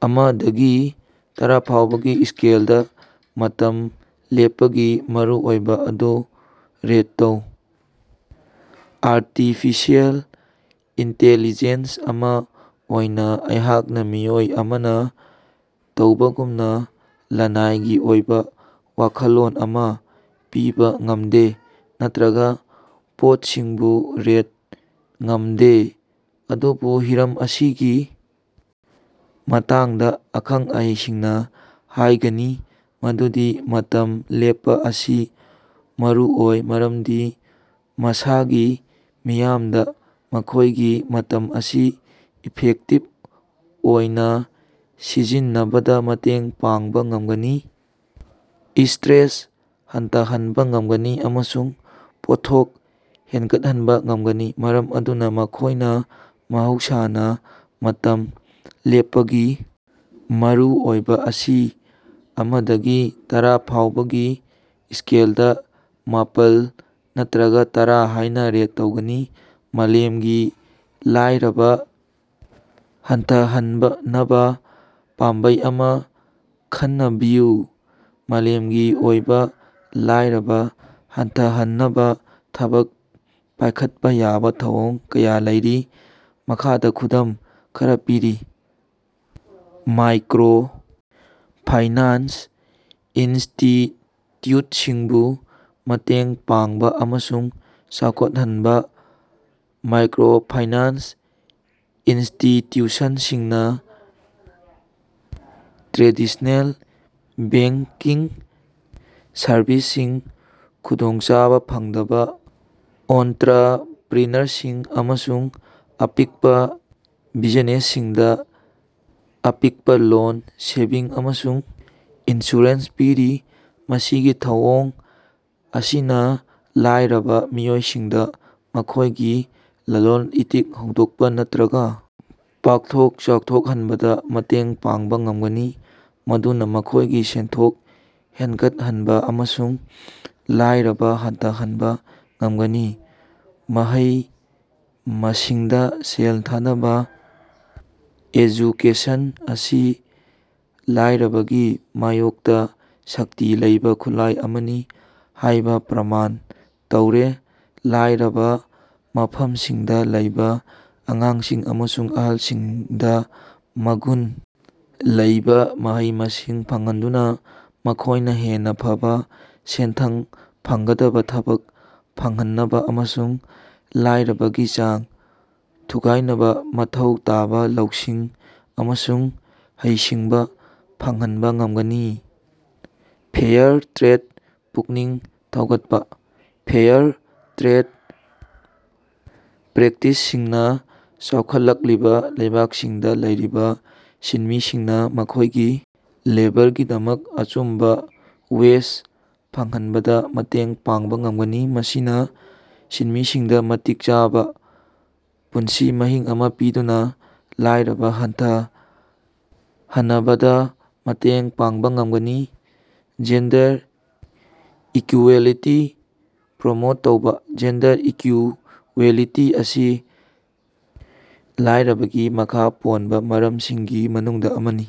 ꯑꯃ ꯗꯒꯤ ꯇꯔꯥ ꯐꯥꯎꯕꯒꯤ ꯏꯁꯀꯦꯜꯗꯥ, ꯃꯇꯝ ꯂꯦꯞꯄꯒꯤ ꯃꯔꯨꯑꯣꯏꯕ ꯑꯗꯨ ꯔꯦꯠ ꯇꯧ꯫ ꯑꯥꯔꯇꯤꯐꯤꯁꯤꯑꯦꯜ ꯏꯟꯇꯦꯜꯂꯤꯒꯦꯟꯁ ꯑꯃ ꯑꯣꯏꯅꯥ ꯑꯩꯍꯥꯛꯅꯥ ꯃꯤꯑꯣꯏ ꯑꯃꯅ ꯇꯧꯕꯒꯨꯝꯅꯥ ꯂꯅꯥꯏꯒꯤ ꯑꯣꯏꯕꯥ ꯋꯥꯈꯜꯂꯣꯟ ꯑꯃ ꯄꯤꯕꯥ ꯉꯝꯗꯦ ꯅꯠꯇ꯭ꯔꯥꯒ ꯄꯣꯠꯁꯤꯡꯕꯨ ꯔꯦꯠ ꯇꯧꯕꯥ ꯉꯝꯗꯦ ꯑꯗꯨꯕꯨ ꯍꯤꯔꯝ ꯑꯁꯤꯒꯤ ꯃꯇꯥꯡꯗ ꯑꯈꯪ-ꯑꯍꯩꯁꯤꯡꯅꯥ ꯍꯥꯏꯒꯅꯤ ꯃꯗꯨꯗꯤ ꯃꯇꯝ ꯂꯦꯞꯄꯥ ꯑꯁꯤ ꯃꯔꯨꯑꯣꯏ ꯃꯔꯝꯗꯤ ꯃꯁꯤꯅꯥ ꯃꯤꯌꯥꯝꯗ ꯃꯈꯣꯏꯒꯤ ꯃꯇꯝ ꯑꯁꯤ ꯏꯐꯦꯛꯇꯤꯕ ꯑꯣꯏꯅꯥ ꯁꯤꯖꯤꯟꯅꯕꯗꯥ ꯃꯇꯦꯡ ꯄꯥꯡꯕꯥ ꯉꯝꯒꯅꯤ, ꯏꯁꯇ꯭ꯔꯦꯁ ꯍꯟꯊꯍꯟꯕ ꯉꯝꯒꯅꯤ ꯑꯃꯁꯨꯡ ꯄꯣꯠꯊꯣꯛ ꯍꯦꯟꯒꯠꯍꯟꯕꯥ ꯉꯝꯒꯅꯤ꯫ ꯃꯔꯝ ꯑꯗꯨꯅꯥ ꯃꯈꯣꯏꯅ ꯃꯍꯧꯁꯅꯥ ꯃꯇꯝ ꯂꯦꯞꯄꯒꯤ ꯃꯔꯨꯑꯣꯏꯕꯥ ꯑꯁꯤ ꯑꯃꯗꯒꯤ ꯇꯔꯥ ꯐꯥꯎꯕꯒꯤ ꯏꯁꯀꯦꯜꯗꯥ ꯃꯥꯄꯜ ꯅꯠꯇ꯭ꯔꯒ ꯇꯔꯥ ꯍꯥꯏꯅꯥ ꯔꯦꯠ ꯇꯧꯒꯅꯤ꯫ ꯃꯥꯂꯦꯝꯒꯤ ꯂꯥꯏꯔꯕꯥ ꯍꯟꯊꯍꯟꯅꯕꯥ ꯄꯥꯝꯕꯩ ꯑꯃꯥ ꯈꯟꯅꯕꯤꯌꯨ꯫ ꯃꯥꯂꯦꯝꯒꯤ ꯑꯣꯏꯕꯥ ꯂꯥꯏꯔꯕꯥ ꯍꯟꯊꯍꯟꯅꯕꯥ ꯊꯕꯛ ꯄꯥꯏꯈꯠꯄꯥ ꯌꯥꯕꯥ ꯊꯧꯑꯣꯡ ꯀꯌꯥ ꯂꯩꯔꯤ꯫ ꯃꯈꯥꯗꯥ ꯈꯨꯗꯝ ꯈꯔꯥ ꯄꯤꯔꯤ: ꯃꯥꯏꯀ꯭ꯔꯣ ꯐꯥꯏꯅꯥꯟꯁ ꯏꯟꯁꯇꯤꯇꯤꯌꯨꯠꯁꯤꯡꯕꯨ ꯃꯇꯦꯡ ꯄꯥꯡꯕꯥ ꯑꯃꯁꯨꯡ ꯆꯥꯎꯊꯣꯛꯍꯟꯕꯥ, ꯃꯥꯏꯀ꯭ꯔꯣ ꯐꯥꯏꯅꯥꯟꯁ ꯏꯟꯁꯇꯤꯇ꯭ꯌꯨꯁꯟꯁꯤꯡꯅꯥ ꯇ꯭ꯔꯦꯗꯤꯁꯅꯦꯜ ꯕꯦꯡꯀꯤꯡ ꯁꯔꯚꯤꯁꯁꯤꯡꯒꯤ ꯈꯨꯗꯣꯡꯆꯥꯕꯥ ꯐꯪꯗꯕ ꯑꯣꯟꯇꯔꯄ꯭ꯔꯤꯅꯔꯁꯤꯡ ꯑꯃꯁꯨꯡ ꯑꯄꯤꯛꯄꯥ ꯕꯤꯖꯤꯅꯦꯁꯁꯤꯡꯗꯥ ꯑꯄꯤꯛꯄꯥ ꯂꯣꯟ, ꯁꯦꯚꯤꯡ, ꯑꯃꯁꯨꯡ ꯏꯟꯁꯨꯔꯦꯟꯁ ꯄꯤꯔꯤ꯫ ꯃꯁꯤꯒꯤ ꯊꯧꯑꯣꯡ ꯑꯁꯤꯅꯥ ꯂꯥꯏꯔꯕꯥ ꯃꯤꯑꯣꯏꯁꯤꯡꯗꯥ ꯃꯈꯣꯏꯒꯤ ꯂꯂꯣꯟ-ꯏꯇꯤꯛ ꯍꯧꯗꯣꯛꯄꯥ ꯅꯠꯇ꯭ꯔꯥꯒꯥ ꯄꯥꯛꯊꯣꯛ-ꯆꯥꯎꯊꯣꯛꯍꯟꯕꯗꯥ ꯃꯇꯦꯡ ꯄꯥꯡꯕ ꯉꯃꯒꯅꯤ꯫ ꯃꯗꯨꯅꯥ ꯃꯈꯣꯏꯒꯤ ꯁꯦꯟꯊꯣꯛ ꯍꯦꯟꯒꯠꯍꯟꯕꯥ ꯑꯃꯁꯨꯡ ꯂꯥꯏꯔꯕ ꯍꯟꯊꯍꯟꯕ ꯉꯝꯒꯅꯤ꯫ ꯃꯍꯩ-ꯃꯁꯤꯡꯗꯥ ꯁꯦꯜ ꯊꯥꯗꯕ, ꯑꯦꯖꯨꯀꯦꯁꯟ ꯑꯁꯤ ꯂꯥꯏꯔꯕꯒꯤ ꯃꯥꯌꯣꯛꯇꯥ ꯁꯛꯇꯤ ꯂꯩꯕꯥ ꯈꯨꯠꯂꯥꯏ ꯑꯃꯅꯤ ꯍꯥꯏꯕꯥ ꯄ꯭ꯔꯃꯥꯟ ꯇꯧꯔꯦ꯫ ꯂꯥꯏꯔꯕꯥ ꯃꯐꯝꯁꯤꯡꯗꯥ ꯂꯩꯕꯥ ꯑꯉꯥꯡꯁꯤꯡ ꯑꯃꯁꯨꯡ ꯑꯍꯜꯁꯤꯡꯗꯥ ꯃꯒꯨꯟ ꯂꯩꯕꯥ ꯃꯍꯩ-ꯃꯁꯤꯡ ꯐꯪꯍꯟꯗꯨꯅꯥ ꯃꯈꯣꯏꯅ ꯍꯦꯟꯅ ꯐꯕ ꯁꯦꯟꯊꯪ ꯐꯪꯒꯗꯕ ꯊꯕꯛ ꯐꯪꯍꯟꯅꯕ ꯑꯃꯁꯨꯡ ꯂꯥꯏꯔꯕꯒꯤ ꯆꯥꯡ ꯊꯨꯒꯥꯏꯅꯕ ꯃꯊꯧ ꯇꯥꯕ ꯂꯧꯁꯤꯡ ꯑꯃꯁꯨꯡ ꯍꯩꯁꯤꯡꯕꯥ ꯐꯪꯍꯟꯕ ꯉꯝꯒꯅꯤ꯫ ꯐꯦꯌꯥꯔ ꯇ꯭ꯔꯦꯗ ꯄꯨꯛꯅꯤꯡ ꯊꯧꯒꯠꯄꯥ: ꯐꯦꯌꯔ ꯇ꯭ꯔꯦꯗ ꯄ꯭ꯔꯦꯛꯇꯤꯁꯁꯤꯡꯅꯥ ꯆꯥꯎꯈꯠꯂꯛꯂꯤꯕꯥ ꯂꯩꯕꯥꯛꯁꯤꯡꯗ ꯂꯩꯔꯤꯕꯥ ꯁꯤꯟꯃꯤꯁꯤꯡꯅ ꯃꯈꯣꯏꯒꯤ ꯂꯦꯕꯔꯒꯤꯗꯃꯛ ꯑꯆꯨꯝꯕ ꯋꯦꯖ ꯐꯪꯍꯟꯕꯗ ꯃꯇꯦꯡ ꯄꯥꯡꯕꯥ ꯉꯝꯒꯅꯤ꯫ ꯃꯁꯤꯅꯥ ꯁꯤꯟꯃꯤꯁꯤꯡꯗ ꯃꯇꯤꯛ ꯆꯥꯕꯥ ꯄꯨꯟꯁꯤ ꯃꯍꯤꯡ ꯑꯃ ꯄꯤꯗꯨꯅ ꯂꯥꯏꯔꯕꯥ ꯍꯟꯊꯍꯅꯕꯗꯥ ꯃꯇꯦꯡ ꯄꯥꯡꯕ ꯉꯝꯒꯅꯤ꯫ ꯖꯦꯟꯗꯔ ꯏꯀꯨꯋꯦꯂꯤꯇꯤ ꯄ꯭ꯔꯣꯃꯣꯠ ꯇꯧꯕꯥ: ꯖꯦꯟꯗꯔ ꯏꯀꯨꯋꯦꯂꯤꯇꯤ ꯑꯁꯤ ꯂꯥꯌꯔꯕꯒꯤ ꯃꯈꯥ ꯄꯣꯟꯕ ꯃꯔꯝꯁꯤꯡꯒꯤ ꯃꯅꯨꯡꯗ ꯑꯃꯅꯤ꯫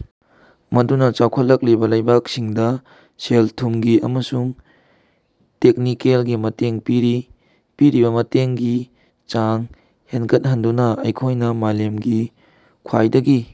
ꯃꯗꯨꯅꯥ ꯆꯥꯎꯈꯠꯂꯛꯂꯤꯕꯥ ꯂꯩꯕꯥꯛꯁꯤꯡꯗꯥ ꯁꯦꯜ-ꯊꯨꯝꯒꯤ ꯑꯃꯁꯨꯡ ꯇꯦꯛꯅꯤꯀꯦꯜꯒꯤ ꯃꯇꯦꯡ ꯄꯤꯔꯤ꯫ ꯄꯤꯔꯤꯕꯥ ꯃꯇꯦꯡꯒꯤ ꯆꯥꯡ ꯍꯦꯟꯒꯠꯍꯟꯗꯨꯅꯥ ꯑꯩꯈꯣꯏꯅꯥ ꯃꯥꯂꯦꯝꯒꯤ ꯈ꯭ꯋꯥꯏꯗꯒꯤ